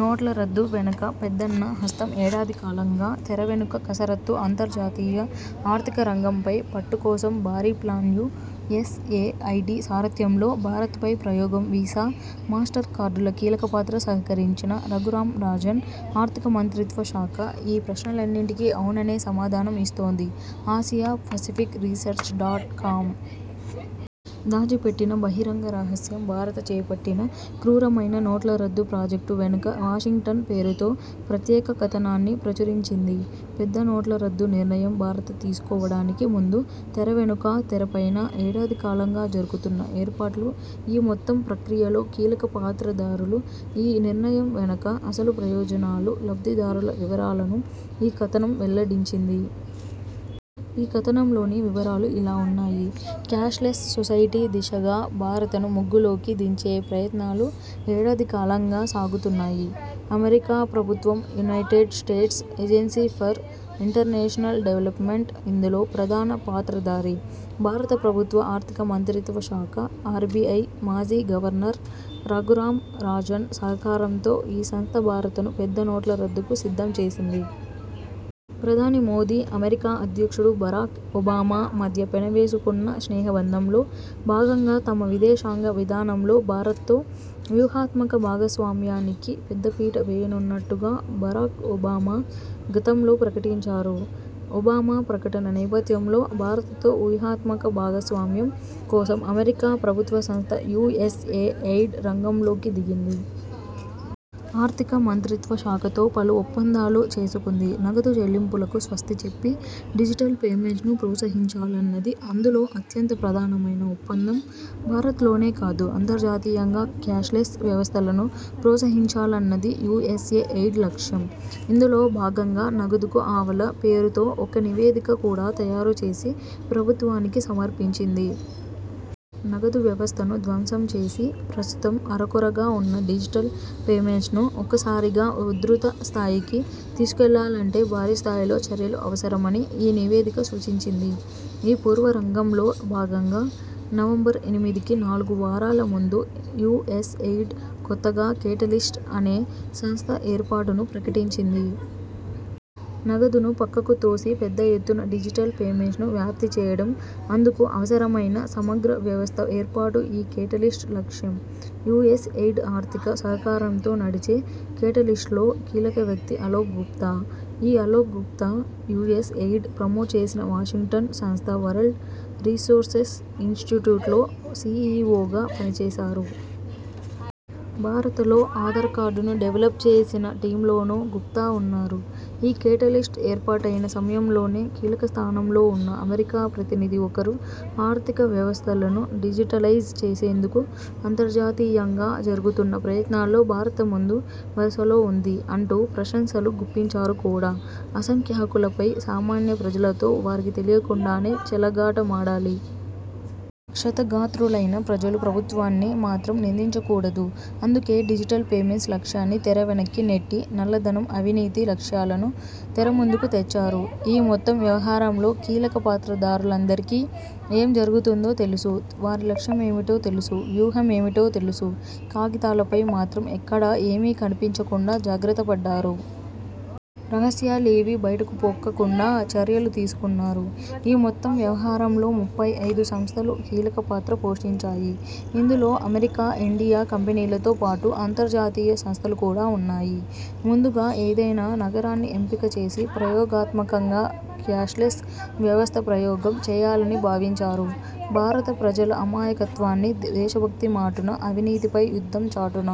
నోట్ల రద్దు వెనక పెద్దన్న హస్తం ఏడాది కాలంగా తెరవెనుక కసరత్తు అంతర్జాతీయ ఆర్థిక రంగంపై పట్టుకోసం భారీ plan U S A ID సారథ్యంలో భారత్ పై ప్రయోగం వీసా, మాస్టర్ కార్డుల కీలకపాత్ర సహకరించిన రఘురామ్ రాజన్, ఆర్థిక మంత్రిత్వ శాఖ ఈ ప్రశ్నలన్నింటికీ ఔననే సమాధానం ఇస్తోంది Asia Pacific Research dot com. ''దాచిపెట్టిన బహిరంగ రహస్యం భారత చేపట్టిన క్రూరమైన నోట్ల రద్దు ప్రాజెక్టు వెనక వాషింగ్టన్'' పేరుతో ప్రత్యేక కథనాన్ని ప్రచురించింది. పెద్ద నోట్ల రద్దు నిర్ణయం భారత తీసుకోవడానికి ముందు, తెరవెనుకా, తెరపైనా ఏడాది కాలంగా జరుగుతున్న 'ఏర్పాట్లు', ఈ మొత్తం ప్రక్రియలో కీలక పాత్రధారులు, ఈ నిర్ణయం వెనక అసలు ప్రయోజనాలు, లబ్దిదారుల వివరాలను ఈ కథనం వెల్లడించింది. ఈ కథనంలోని వివరాలు ఇలా ఉన్నాయి. క్యాష్లెస్ సొసైటీ దిశగా భారతను ముగ్గులోకి దించే ప్రయత్నాలు ఏడాదికాలంగా సాగుతున్నాయి. అమెరికా ప్రభుత్వం United States Agency for International Development ఇందులో ప్రధాన పాత్రధారి. భారత ప్రభుత్వ ఆర్థిక మంత్రిత్వ శాఖ, ఆర్బిఐ మాజీ గవర్నర్ రఘురామ్ రాజన్ సహకారంతో ఈ సంస్థ భారతను పెద్ద నోట్ల రద్దుకు సిద్ధం చేసింది. ప్రధాని మోదీ, అమెరికా అధ్యక్షుడు బరాక్ ఒబామా మధ్య పెనవేసుకున్న స్నేహబంధంలో భాగంగా తమ విదేశాంగ విధానంలో భారత్ తో వ్యూహాత్మక భాగస్వామ్యానికి పెద్దపీట వేయనున్నట్టుగా బరాక్ ఒబామా గతంలో ప్రకటించారు. ఒబామా ప్రకటన నేపథ్యంలో భారతతో వ్యూహాత్మక భాగస్వామ్యం కోసం అమెరికా ప్రభుత్వ సంస్థ యుఎస్ఏ ఎయిడ్ రంగంలోకి దిగింది. ఆర్థిక మంత్రిత్వ శాఖతో పలు ఒప్పందాలు చేసుకుంది. నగదు చెల్లింపులకు స్వస్తి చెప్పి డిజిటల్ పేమెంట్స్ను ప్రోత్సహించాలన్నది అందులో అత్యంత ప్రధానమైన ఒప్పందం. భారత్ లోనే కాదు అంతర్జాతీయంగా క్యాష్లెస్ వ్యవస్థలను ప్రోత్సహించాలన్నది యుఎస్ఏ ఎయిడ్ లక్ష్యం. ఇందులో భాగంగా '' నగదుకు ఆవల'' పేరుతో ఒక నివేదిక కూడా తయారు చేసి ప్రభుత్వానికి సమర్పించింది. నగదు వ్యవస్థను ధ్వంసం చేసి, ప్రస్తుతం అరకొరగా ఉన్న డిజిటల్ పేమెంట్స్ను ఒక్కసారిగా ఉధృత స్థాయికి తీసుకెళ్లాలంటే భారీ స్థాయిలో చర్యలు అవసరమని ఈ నివేదిక సూచించింది. ఈ పూర్వరంగంలో భాగంగా నవంబర్ ఎనిమిదికి నాలుగు వారాల ముందు, యుఎ్సఎయిడ్ కొత్తగా కేటలిస్ట్ అనే సంస్థ ఏర్పాటును ప్రకటించింది. నగదును పక్కకు తోసి పెద్ద ఎత్తున డిజిటల్ పేమెంట్స్ను వ్యాప్తిచేయడం, అందుకు అవసరమైన సమగ్ర వ్యవస్థ ఏర్పాటు ఈ కేటలిస్ట్ లక్ష్యం. యుఎస్ ఎయిడ్ ఆర్థిక సహకారంతో నడిచే కేటలిస్ట్లో కీలక వ్యక్తి అలోక్ గుప్తా. ఈ Alok Gupta, US aid promote చేసిన వాషింగ్టన్ సంస్థ వరల్డ్ రీసోర్సెస్ ఇనిస్టిట్యూట్లో సిఇఒగా పనిచేశారు. భారతలో ఆధార్ కార్డును డెవలప్ చేసిన టీమ్లోనూ గుప్తా ఉన్నారు. ఈ కేటలిస్ట్ ఏర్పాటైన సమయంలోనే కీలకస్థానంలో ఉన్న అమెరికా ప్రతినిధి ఒకరు, ''ఆర్థిక వ్యవస్థలను డిజిటలైజ్ చేసేందుకు అంతర్జాతీయంగా జరుగుతున్న ప్రయత్నాల్లో భారత ముందు వరుసలో ఉంది'' అంటూ ప్రశంసలు గుప్పించారు కూడా. అసంఖ్యాకులపై సామాన్య ప్రజలతో వారికి తెలియకుండానే చెలగాటమాడాలి. క్షతగాత్రులైన ప్రజలు ప్రభుత్వాన్ని మాత్రం నిందించ కూడదు. అందుకే డిజిటల్ పేమెంట్స్ లక్ష్యాన్ని తెరవెనక్కి నెట్టి, నల్లధనం, అవినీతి లక్ష్యాలను తెరముందుకు తెచ్చారు. ఈ మొత్తం వ్యవహారంలో కీలకపాత్రధారులందరికీ ఏం జరుగుతుందో తెలుసు, వారి లక్ష్యమేమిటో తెలుసు, వ్యూహమేమిటో తెలుసు.. కాగితాలపై మాత్రం ఎక్కడా ఏమీ కనిపించకుండా జాగ్రత్తపడ్డారు. రహస్యాలేవీ బయటకు పొక్కకుండా చర్యలు తీసుకున్నారు. ఈ మొత్తం వ్యవహారంలో ముప్పై ఐదు సంస్థలు కీలకపాత్ర పోషించాయి. ఇందులో అమెరికా, ఇండియా కంపెనీలతో పాటు అంతర్జాతీయ సంస్థలు కూడా ఉన్నాయి. ముందుగా ఏదైనా నగరాన్ని ఎంపిక చేసి ప్రయోగాత్మకంగా క్యాష్లెస్ వ్యవస్థ ప్రయోగం చేయాలని భావించారు. భారత ప్రజల అమాయకత్వాన్ని, దేశభక్తిమాటున, అవినీతిపై యుద్ధం చాటున